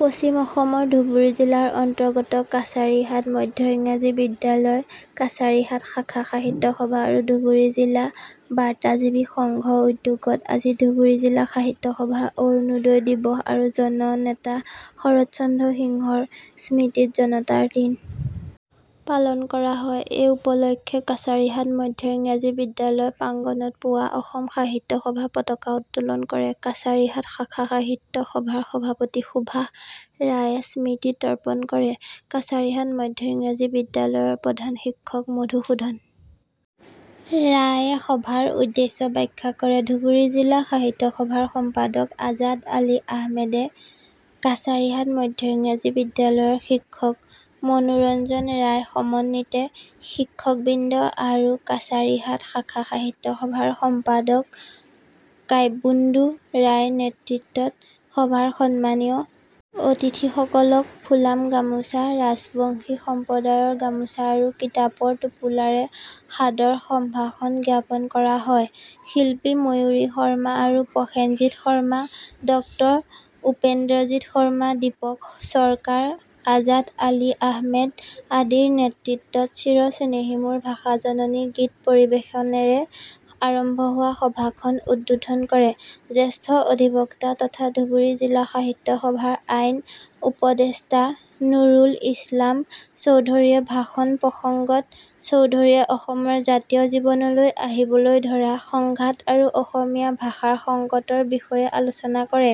পশ্চিম অসমৰ ধুবুৰী জিলাৰ অন্তৰ্গত কাছাৰীহাট মধ্য ইংৰাজী বিদ্যালয় কাছাৰীহাট শাখা সাহিত্য সভা আৰু ধুবুৰী জিলা বাৰ্তাজীৱী সংঘৰ উদ্যোগত আজি ধুবুৰী জিলা সাহিত্য সভাৰ অৰুণোদয় দিৱস আৰু জননেতা শৰৎচন্দ্ৰ সিংহৰ স্মৃতিত জনতাৰ দিন পালন কৰা হয় এই উপলক্ষে কাছাৰীহাট মধ্য ইংৰাজী বিদ্যালয় প্ৰাংগনত পুৱা অসম সাহিত্য সভাৰ পতাকা উত্তোলন কৰে কাছাৰীহাট শাখা সাহিত্য সভাৰ সভাপতি সুভাষ ৰায়েস্মৃতি তৰ্পণ কৰে কাছাৰীহাট মধ্য ইংৰাজী বিদ্যালয়ৰ প্ৰধান শিক্ষক মধুসুধন ৰায়ে সভাৰ উদ্দেশ্য ব্যাখ্যা কৰে ধুবুৰী জিলা সাহিত্য সভাৰ সম্পাদক আজাদ আলী আহমেদে কাছাৰীহাট মধ্য ইংৰাজী বিদ্যালয়ৰ শিক্ষক মনোৰঞ্জন ৰায় সমন্বিতে শিক্ষকবৃন্দ আৰু কাছাৰীহাট শাখা সাহিত্য সভাৰ সম্পাদক কাব্যেন্দু ৰায়ৰ নেতৃত্বত সভাৰ সন্মানীয় অতিথিসকলক ফুলাম গামোচা ৰাজবংশী সম্প্ৰদায়ৰ গামোচা আৰু কিতাপৰ টোপোলাৰে সাদৰ সম্ভাষণ জ্ঞাপন কৰা হয় শিল্পী ময়ূৰী শৰ্মা আৰু প্ৰসেনজিৎ শৰ্মা ডঃ উপেন্দ্ৰজিৎ শৰ্মা দীপক সৰকাৰ আজাদ আলী আহমেদ আদিৰ নেতৃত্বত চিৰ চেনেহী মোৰ ভাষা জননী গীত পৰিৱেশনেৰে আৰম্ভ হোৱা সভাখন উদ্বোধন কৰে জ্যেষ্ঠ অধিবক্তা তথা ধুবুৰী জিলা সাহিত্য সভাৰ আইন উপদেষ্টা নুৰুল ইছলাম চৌধুৰীয়ে ভাষণ প্ৰসংগত চৌধুৰীয়ে অসমৰ জাতীয় জীৱনলৈ আহিবলৈ ধৰা সংঘাত আৰু অসমীয়া ভাষাৰ সংকটৰ বিষয়ে আলোচনা কৰে।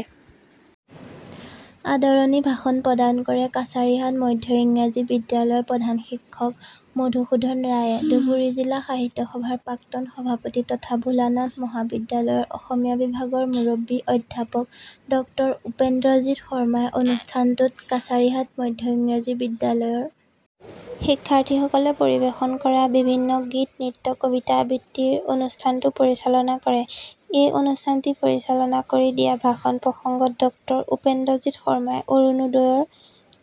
আদৰণী ভাষণ প্ৰদান কৰে কাছাৰীহাট মধ্য ইংৰাজী বিদ্যালয়ৰ প্ৰধান শিক্ষক মধুসুধন ৰায়ে ধুবুৰী জিলা সাহিত্য সভাৰ প্ৰাক্তন সভাপতি তথা ভোলানাথ মহাবিদ্যালয়ৰ অসমীয়া বিভাগৰ মুৰব্বী অধ্যাপক ডঃ উপেন্দ্ৰজিৎ শৰ্মাই অনুষ্ঠানটোত কাছাৰীহাট মধ্য ইংৰাজী বিদ্যালয়ৰ শিক্ষাৰ্থীসকলে পৰিৱেশন কৰা বিভিন্ন গীত নৃত্য কবিতা আবৃত্তিৰ অনুষ্ঠানটো পৰিচালনা কৰে এই অনুষ্ঠানটি পৰিচালনা কৰি দিয়া ভাষণ প্ৰসংগত ডঃ উপেন্দ্ৰজিৎ শৰ্মাই অৰুণোদয়ৰ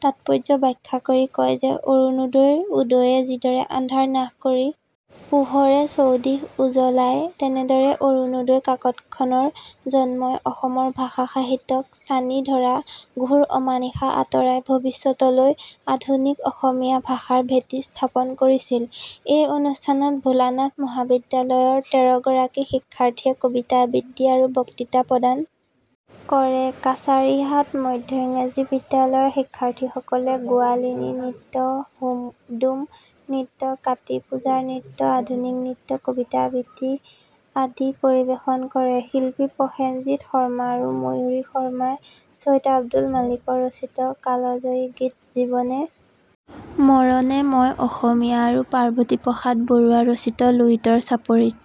তাৎপৰ্য ব্যাখ্যা কৰি কয় যে অৰুণৰ উদয়ে যিদৰে আন্ধাৰ নাশ কৰি পোহৰে চৌদিশ উজলায় তেনেদৰে অৰুণোদয় কাকতখনৰ জন্মই অসমৰ ভাষা সাহিত্যক চানি ধৰা ঘোৰ অমানিশা আঁতৰাই ভৱিষ্যতলৈ আধুনিক অসমীয়া ভাষাৰ ভেটি স্থাপন কৰিছিল এই অনুষ্ঠানত ভোলানাথ মহাবিদ্যালয়ৰ তেৰগৰাকী শিক্ষাৰ্থীয়ে কবিতা আবৃত্তি আৰু বক্তৃতা প্ৰদান কৰে কাছাৰীহাট মধ্য ইংৰাজী বিদ্যালয়ৰ শিক্ষাৰ্থীসকলে গোৱালিনী নৃত্য হুদুম নৃত্য কাতি পূজাৰ নৃত্য আধুনিক নৃত্য কবিতা আবৃত্তি আদি পৰিৱেশন কৰে শিল্পী প্ৰসেনজিৎ শৰ্মা আৰু ময়ূৰী শৰ্মাই চৈয়দ আব্দুল মালিকৰ ৰচিত কালজয়ী গীত জীৱনে মৰণে মই অসমীয়া আৰু পাৰ্বতী প্ৰসাদ বৰুৱা ৰচিত লুইতৰ চাপৰিত